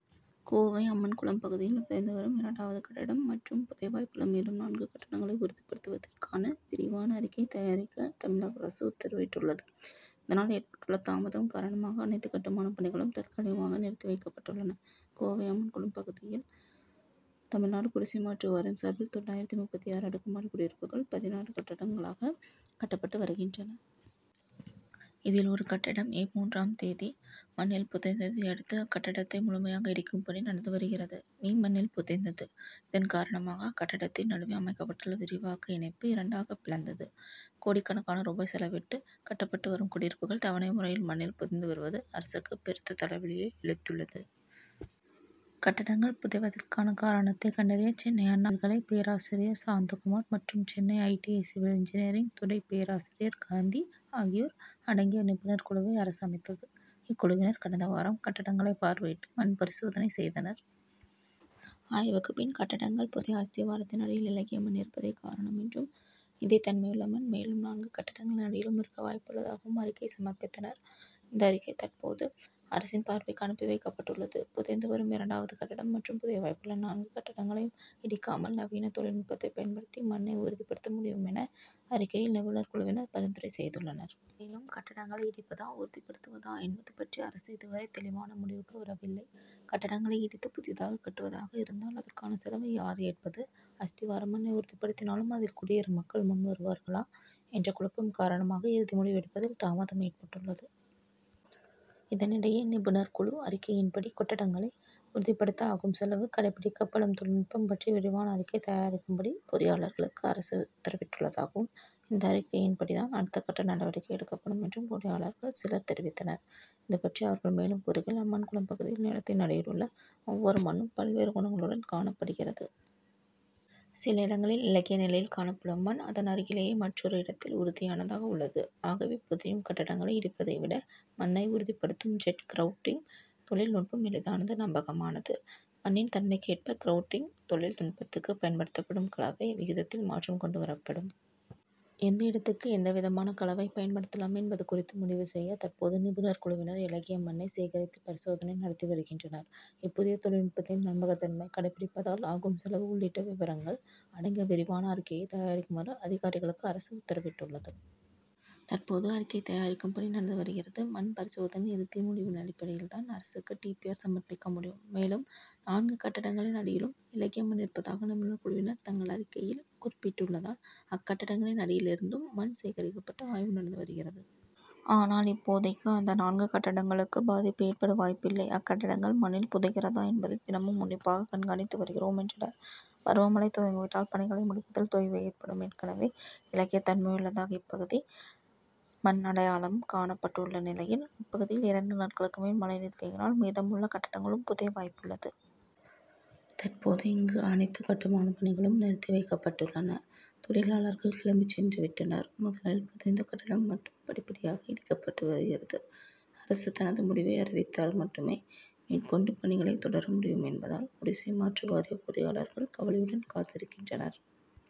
கோவை அம்மன்குளம் பகுதியில் புதைந்து வரும் இரண்டாவது கட்டடம் மற்றும் புதைய வாய்ப்புள்ள மேலும் நான்கு கட்டடங்களை உறுதிப்படுத்துவதற்கான விரிவான அறிக்கை தயாரிக்க தமிழக அரசு உத்தரவிட்டுள்ளது. இதனால் ஏற்பட்டுள்ள தாமதம் காரணமாக அனைத்து கட்டுமானப் பணிகளும் தற்காலிகமாக நிறுத்தி வைக்கப்பட்டுள்ளன. கோவை அம்மன் குளம் பகுதியில் தமிழ்நாடு குடிசை மாற்று வாரியம் சார்பில் தொள்ளாயிரத்து முப்பத்தாறு அடுக்குமாடி குடியிருப்புகள் பதினாறு கட்டடங்களாக கட்டப்பட்டு வருகின்றன. இதில் ஒரு கட்டடம் ஏப். மூன்றாம் தேதி மண்ணில் புதைந்ததை அடுத்து அக்கட்டடத்தை முழுமையாக இடிக்கும் பணி நடந்து வருகிறது. மீ. மண்ணில் புதைந்தது. இதன் காரணமாக அக்கட்டடத்தின் நடுவே அமைக்கப்பட்டுள்ள விரிவாக்க இணைப்பு இரண்டாக பிளந்தது. கோடிக்கணக்கான ரூபாய் செலவிட்டு கட்டப்பட்டு வரும் குடியிருப்புகள் தவணை முறையில் மண்ணில் புதைந்து வருவது அரசுக்கு பெருத்த தலைவலியை அளித்துள்ளது. கட்டடங்கள் புதைவதற்கான காரணத்தை கண்டறிய சென்னை அண்ணா பல்கலை பேராசிரியர் சாந்தகுமார் மற்றும் Chennai I. T. I. Civil engineering துறை பேராசிரியர் காந்தி ஆகியோர் அடங்கிய நிபுணர் குழுவை அரசு அமைத்தது. இக்குழுவினர் கடந்த வாரம் கட்டடங்களை பார்வையிட்டு மண் பரிசோதனை செய்தனர். ஆய்வுக்குப் பின் கட்டடங்கள் புதைய அஸ்திவாரத்தின் அடியில் இளகிய மண் இருப்பதே காரணம் என்றும் இதே தன்மையுள்ள மண் மேலும் நான்கு கட்டடங்களின் அடியிலும் இருக்க வாய்ப்புள்ளதாகவும் அறிக்கை சமர்ப்பித்தனர். இந்த அறிக்கை தற்போது அரசின் பார்வைக்கு அனுப்பி வைக்கப்பட்டுள்ளது. புதைந்து வரும் இரண்டாவது கட்டடம் மற்றும் புதைய வாய்ப்புள்ள நான்கு கட்டடங்களையும் இடிக்காமல் நவீன தொழில்நுட்பத்தை பயன்படுத்தி மண்ணை உறுதிப்படுத்த முடியும் என அறிக்கையில் நிபுணர் குழுவினர் பரிந்துரை செய்துள்ளனர். எனினும் கட்டடங்களை இடிப்பதா உறுதிப்படுத்துவதா என்பது பற்றி அரசு இதுவரை தெளிவான முடிவுக்கு வரவில்லை. கட்டடங்களை இடித்து புதிதாக கட்டுவதாக இருந்தால் அதற்கான செலவை யார் ஏற்பது அஸ்திவார மண்ணை உறுதிப்படுத்தினாலும் அதில் குடியேற மக்கள் முன்வருவார்களா? என்ற குழப்பம் காரணமாக இறுதி முடிவு எடுப்பதில் தாமதம் ஏற்பட்டுள்ளது. இதனிடையே நிபுணர் குழு அறிக்கையின்படி கட்டடங்களை உறுதிப்படுத்த ஆகும் செலவு கடைபிடிக்கப்படும் தொழில்நுட்பம் பற்றி விரிவான அறிக்கை தயாரிக்கும்படி பொறியாளர்களுக்கு அரசு உத்தரவிட்டுள்ளதாகவும் இந்த அறிக்கையின்படிதான் அடுத்தகட்ட நடவடிக்கை எடுக்கப்படும் என்றும் பொறியாளர்கள் சிலர் தெரிவித்தனர். இது பற்றி அவர்கள் மேலும் கூறுகையில் அம்மன் குளம் பகுதி நிலத்தின் அடியில் உள்ள ஒவ்வொரு மண்ணும் பல்வேறு குணங்களுடன் காணப்படுகிறது. சில இடங்களில் இளகிய நிலையில் காணப்படும் மண் அதன் அருகிலேயே மற்றொரு இடத்தில் உறுதியானதாக உள்ளது. ஆகவே புதையும் கட்டடங்களை இடிப்பதை விட மண்ணை உறுதிப்படுத்தும் ஜெட் கிரவுட்டிங் தொழில் நுட்பம் எளிதானது நம்பகமானது. மண்ணின் தன்மைக்கு ஏற்ப கிரவுட்டிங் தொழில் நுட்பத்துக்கு பயன்படுத்தப்படும் கலவை விகிதத்தில் மாற்றம் கொண்டு வரப்படும். எந்த இடத்துக்கு எந்த விதமான கலவை பயன்படுத்தலாம் என்பது குறித்து முடிவு செய்ய தற்போது நிபுணர் குழுவினர் இளகிய மண்ணை சேகரித்து பரிசோதனை நடத்தி வருகின்றனர். இப்புதிய தொழில் நுட்பத்தின் நம்பகத்தன்மை கடைபிடிப்பதால் ஆகும் செலவு உள்ளிட்ட விபரங்கள் அடங்கிய விரிவான அறிக்கையை தயாரிக்குமாறு அதிகாரிகளுக்கு அரசு உத்தரவிட்டுள்ளது. தற்போது அறிக்கை தயாரிக்கும் பணி நடந்து வருகிறது. மண் பரிசோதனையின் இறுதி முடிவின் அடிப்படையில்தான் அரசுக்கு டி. பி. ஆர். சமர்ப்பிக்க முடியும். மேலும் நான்கு கட்டடங்களின் அடியிலும் இளகிய மண் இருப்பதாக நிபுணர் குழுவினர் தங்கள் அறிக்கையில் குறிப்பிட்டுள்ளதால் அக்கட்டடங்களின் அடியில் இருந்தும் மண் சேகரிக்கப்பட்டு ஆய்வு நடந்து வருகிறது. ஆனால் இப்போதைக்கு அந்த நான்கு கட்டடங்களுக்கு பாதிப்பு ஏற்பட வாய்ப்பில்லை. அக்கட்டடங்கள் மண்ணில் புதைகிறதா என்பதை தினமும் உன்னிப்பாக கண்காணித்து வருகிறோம் என்றனர். பருவமழை துவங்கி விட்டால் பணிகளை முடிப்பதில் தொய்வு ஏற்படும் ஏற்கனவே இளகிய தன்மையுள்ளதாக இப்பகுதி மண் அடையாளம் காணப்பட்டுள்ள நிலையில் இப்பகுதியில் இரண்டு நாட்களுக்கு மேல் மழை நீர் தேங்கினால் மீதமுள்ள கட்டடங்களும் புதைய வாய்ப்புள்ளது. தற்போது இங்கு அனைத்து கட்டுமானப் பணிகளும் நிறுத்தி வைக்கப்பட்டுள்ளன. தொழிலாளர்கள் கிளம்பிச் சென்று விட்டனர். முதலில் புதைந்த கட்டடம் மட்டும் படிப்படியாக இடிக்கப்பட்டு வருகிறது. அரசு தனது முடிவை அறிவித்தால் மட்டுமே மேற்கொண்டு பணிகளை தொடர முடியும் என்பதால் குடிசை மாற்று வாரிய பொறியாளர்கள் கவலையுடன் காத்திருக்கின்றனர்.